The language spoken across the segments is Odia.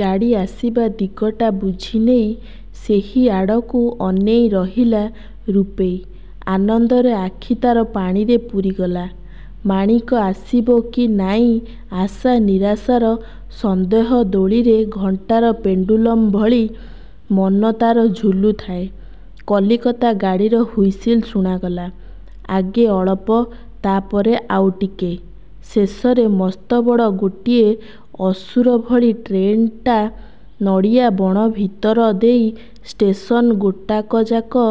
ଗାଡ଼ି ଆସିବା ଦିଗଟା ବୁଝିନେଇ ସେହି ଆଡ଼କୁ ଅନେଇ ରହିଲା ରୂପେଇ। ଆନନ୍ଦରେ ଆଖି ତାର ପାଣିରେ ପୂରିଗଲା। ମାଣିକ ଆସିବ କି ନାଇଁ ଆଶାନିରାଶାର ସନ୍ଦେହ ଦୋଳିରେ ଘଣ୍ଟାର ପେଣ୍ଡୁଲମ୍ ଭଳି ମନ ତାର ଝୁଲୁଥାଏ। କଲିକତା ଗାଡ଼ିର ହୁଇସିଲ ଶୁଣାଗଲା। ଆଗେ ଅଳପ, ତା' ପରେ ଆଉ ଟିକେ, ଶେଷରେ ମସ୍ତବଡ଼ ଗୋଟିଏ ଅସୁର ଭଳି ଟ୍ରେନଟା ନଡ଼ିଆ ବଣ ଭିତର ଦେଇ ଷ୍ଟେସନ ଗୋଟାକଯାକ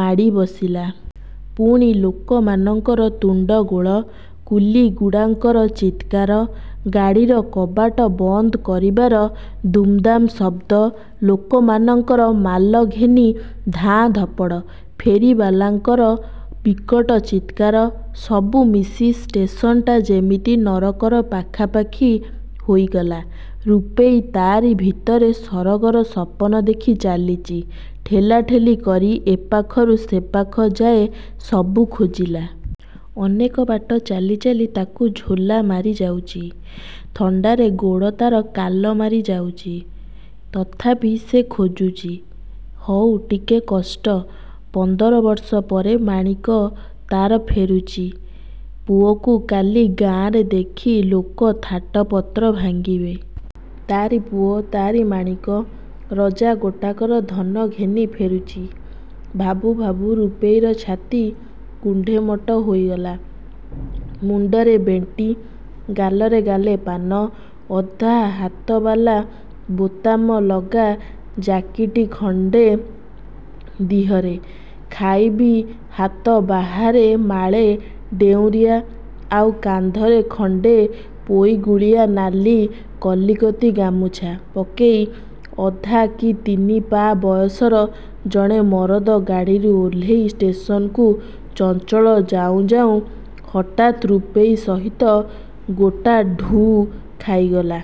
ମାଡ଼ି ବସିଲା। ପୁଣି ଲୋକମାନଙ୍କର ତୁଣ୍ଡଗୋଳ, କୁଲିଗୁଡ଼ାଙ୍କର ଚିତ୍କାର-ଗାଡ଼ିର କବାଟ ବନ୍ଦ କରିବାର ଦୁମ୍ଦାମ୍ ଶବ୍ଦ। ଲୋକମାନଙ୍କର ମାଲ ଘେନି ଧାଁ ଧପଡ଼। ଫେରିବାଲାଙ୍କର ବିକଟ ଚିତ୍କାର, ସବୁ ମିଶି ଷ୍ଟେସନଟା ଯେମିତି ନରକର ପାଖାପାଖି ହୋଇଗଲା-। ରୂପେଇ ତାରି ଭିତରେ ସରଗର ସପନ ଦେଖି ଚାଲିଚି। ଠେଲା ଠେଲି କରି ଏପାଖରୁ ସେ ପାଖ ଯାଏ ସବୁ ଖୋଜିଲା। ଅନେକ ବାଟ ଚାଲି ଚାଲି ତାକୁ ଝୋଲା ମାରି ଯାଉଚି, ଥଣ୍ଡାରେ ଗୋଡ଼ ତା'ର କାଲ ମାରି ଯାଉଚି। ତଥାପି ସେ ଖୋଜୁଚି। ହଉ ଟିକେ କଷ୍ଟ। ପନ୍ଦର ବର୍ଷ ପରେ ମାଣିକ ତାର ଫେରୁଚି। ପୁଅକୁ କାଲି ଗାଁରେ ଦେଖି ଲୋକ ଥାଟପତ୍ର ଭାଙ୍ଗିବେ। ତାରି ପୁଅ-ତାରି ମାଣିକ, ରଜା ଗୋଟାକର ଧନ ଘେନି ଫେରୁଚି! ଭାବୁ ଭାବୁ ରୂପେଇର ଛାତି କୁଣ୍ଢେମୋଟ ହୋଇଗଲା। ମୁଣ୍ଡରେ ବେଣ୍ଟି, ଗାଲରେ ଗାଲେ ପାନ, ଅଧା ହାତବାଲା ବୋତାମ ଲଗା ଜାକିଟି ଖଣ୍ଡେ ଦିହରେ, ଖାଇବି ହାତ ବାହାରେ ମାଳେ ଡେଉଁରିଆ ଆଉ କାନ୍ଧରେ ଖଣ୍ଡେ ପୋଇଗୁଳିଆ ନାଲି କଲିକତି ଗାମୁଛା ପକେଇ ଅଧା କି ତିନିପା ବୟସର ଜଣେ ମରଦ ଗାଡ଼ିରୁ ଓହ୍ଲେଇ ଷ୍ଟେସନକୁ ଚଞ୍ଚଳ ଯାଉଁ ଯାଉଁ ହଠାତ୍ ରୂପେଇ ସହିତ ଗୋଟା ଢ଼ୁ ଖାଇଗଲା।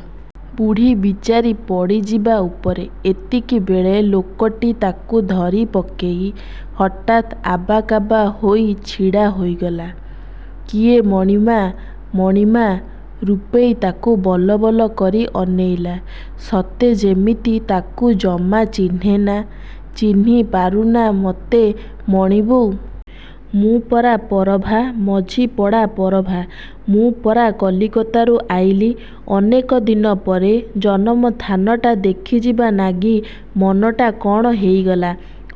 ବୁଢ଼ୀ ବିଚାରୀ ପଡ଼ିଯିବା ଉପରେ, ଏତିକିବେଳେ ଲୋକଟି ତାକୁ ଧରି ପକେଇ, ହଠାତ୍ ଆବାକାବା ହୋଇ ଛିଡ଼ା ହେଇଗଲା। -କିଏ ମଣି ମା'? ମଣି ମା'? ରୂପେଇ ତାକୁ ବଲବଲ କରି ଅନେଇଲା, ସତେ ଯେମିତି ତାକୁ ଜମା ଚିହ୍ନେନା। ଚିହ୍ନି ପାରୁନା ମତେ ମଣି ବୋଉ? ମୁଁ ପରା ପରଭା, ମଝିପଡ଼ା ପରଭା। ମୁଁ ପରା କଲିକତାରୁ ଆଇଲି। ଅନେକ ଦିନ ପରେ ଜନମ ଥାନଟା ଦେଖିଯିବା ନାଗି ମନଟା କଣ ହେଇଗଲା।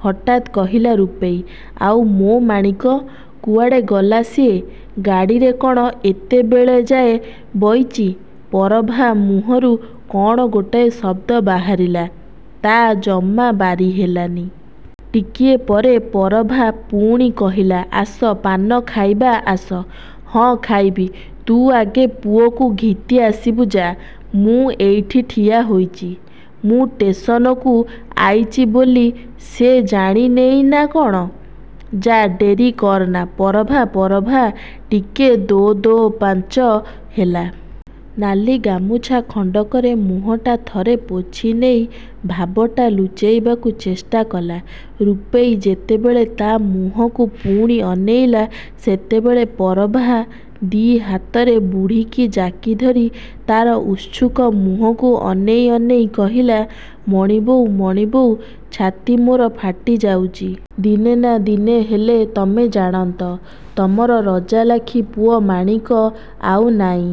ହଠାତ୍ କହିଲା ରୂପେଇ-ଆଉ ମୋ ମାଣିକ? କୁଆଡ଼େ ଗଲା ସିଏ। ଗାଡ଼ିରେ କଣ ଏତେବେଳେ ଯାଏ ବଇଚି? ପରଭା ମୁହଁରୁ କଣ ଗୋଟିଏ ଶବ୍ଦ ବାହାରିଲା-ତା' ଜମା ବାରି ହେଲାନି। ଟିକିଏ ପରେ ପରଭା ପୁଣି କହିଲା-ଆସ, ପାନ ଖାଇବା ଆସ -ହଁ, ଖାଇବି, ତୁ ଆଗେ ପୁଅକୁ ଘିତି ଆସିବୁ ଯା' ମୁଁ ଏଇଠି ଠିଆ ହେଇଚି। ମୁଁ ଟେସନକୁ ଆଇଚି ବୋଲି ସେ ଜାଣି ନେଇନା କଣ। ଯା, ଡେରି କରନା ପରଭା ପରଭା ଟିକେ ଦୋ ଦୋ ପାଞ୍ଚ ହେଲା। ନାଲି ଗାମୁଛା ଖଣ୍ଡକରେ ମୁହଁଟା ଥରେ ପୋଛିନେଇ ଭାବଟା ଲୁଚେଇବାକୁ ଚେଷ୍ଟା କଲା। ରୂପେଇ ଯେତେବେଳେ ତା' ମୁହଁକୁ ପୁଣି ଅନେଇଲା, ସେତେବେଳେ ପରଭା ଦି' ହାତରେ ବୁଢ଼ୀକି ଜାକି ଧରି ତା'ର ଉତ୍ସୁକ ମୁହଁକୁ ଅନେଇ ଅନେଇ କହିଲା-ମଣି ବୋଉ, ମଣି ବୋଉ, ଛାତି ମୋର ଫାଟି ଯାଉଚି। ଦିନେ ନା ଦିନେ ହେଲେ ତମେ ଜାଣନ୍ତ। ତମର ରଜାଲାଖି ପୁଅ ମାଣିକ ଆଉ ନାଇଁ।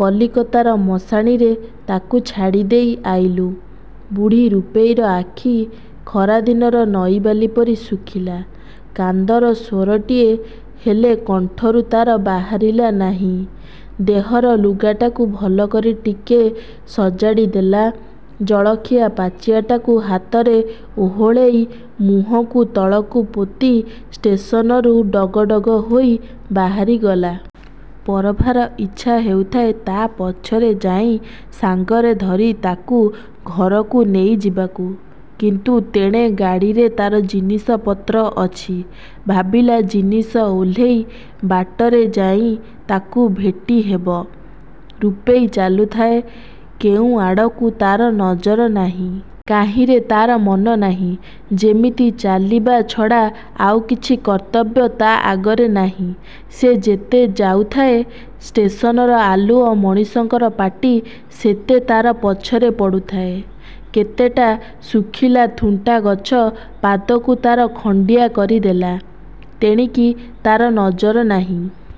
କଲିକତାର ମଶାଣିରେ ତାକୁ ଛାଡ଼ି ଦେଇ ଆଇଲୁ। ବୁଢ଼ୀ ରୂପେଇର ଆଖି ଖରାଦିନର ନଈବାଲି ପରି ଶୁଖିଲା। କାନ୍ଦର ସ୍ଵରଟିଏ ହେଲେ କଣ୍ଠରୁ ତା'ର ବାହାରିଲା ନାହିଁ। ଦିହର ଲୁଗାଟାକୁ ଭଲକରି ଟିକେ ସଜାଡ଼ି ଦେଲା, ଜଳଖିଆ ପାଚିଆଟାକୁ ହାତରେ 'ଓହଳେଇ, ମୁହଁକୁ ତଳକୁ ପୋତି ଷ୍ଟେସନରୁ ଡଗଡଗ ହେଇ ବାହାରିଗଲା-। ପରଭାର ଇଚ୍ଛା ହେଉଥାଏ ତା' ପଛରେ ଯାଇଁ ସାଙ୍ଗରେ ଧରି ତାକୁ ଘରକୁ ନେଇ ଯିବାକୁ। କିନ୍ତୁ ତେଣେ ଗାଡ଼ିରେ ତା'ର ଜିନିଷପତ୍ର ଅଛି। ଭାବିଲା, ଜିନିଷ ଓହ୍ଲେଇ, ବାଟରେ ଯାଇଁ ତାକୁ ଭେଟି ହବ। ରୂପେଇ ଚାଲୁଥାଏ। କେଉଁ ଆଡ଼କୁ ତା'ର ନଜର ନାହିଁ। କାହିଁରେ ତାର ମନ ନାହିଁ। ଯେମିତି ଚାଲିବା ଛଡ଼ା ଆଉ କିଛି କର୍ତ୍ତବ୍ୟ ତା' ଆଗରେ ନାହିଁ। ସେ ଯେତେ ଯାଉଥାଏ ଷ୍ଟେସନର ଆଲୁଅ, ମଣିଷଙ୍କର ପାଟି ସେତେ ତା'ର ପଛରେ ପଡ଼ୁଥାଏ। କେତେଟା ଶୁଖିଲା ଥୁଣ୍ଟାଗଛ ପାଦକୁ ତାର ଖଣ୍ଡିଆ କରି ଦେଲା, ତେଣିକି ତା'ର ନଜର ନାହିଁ।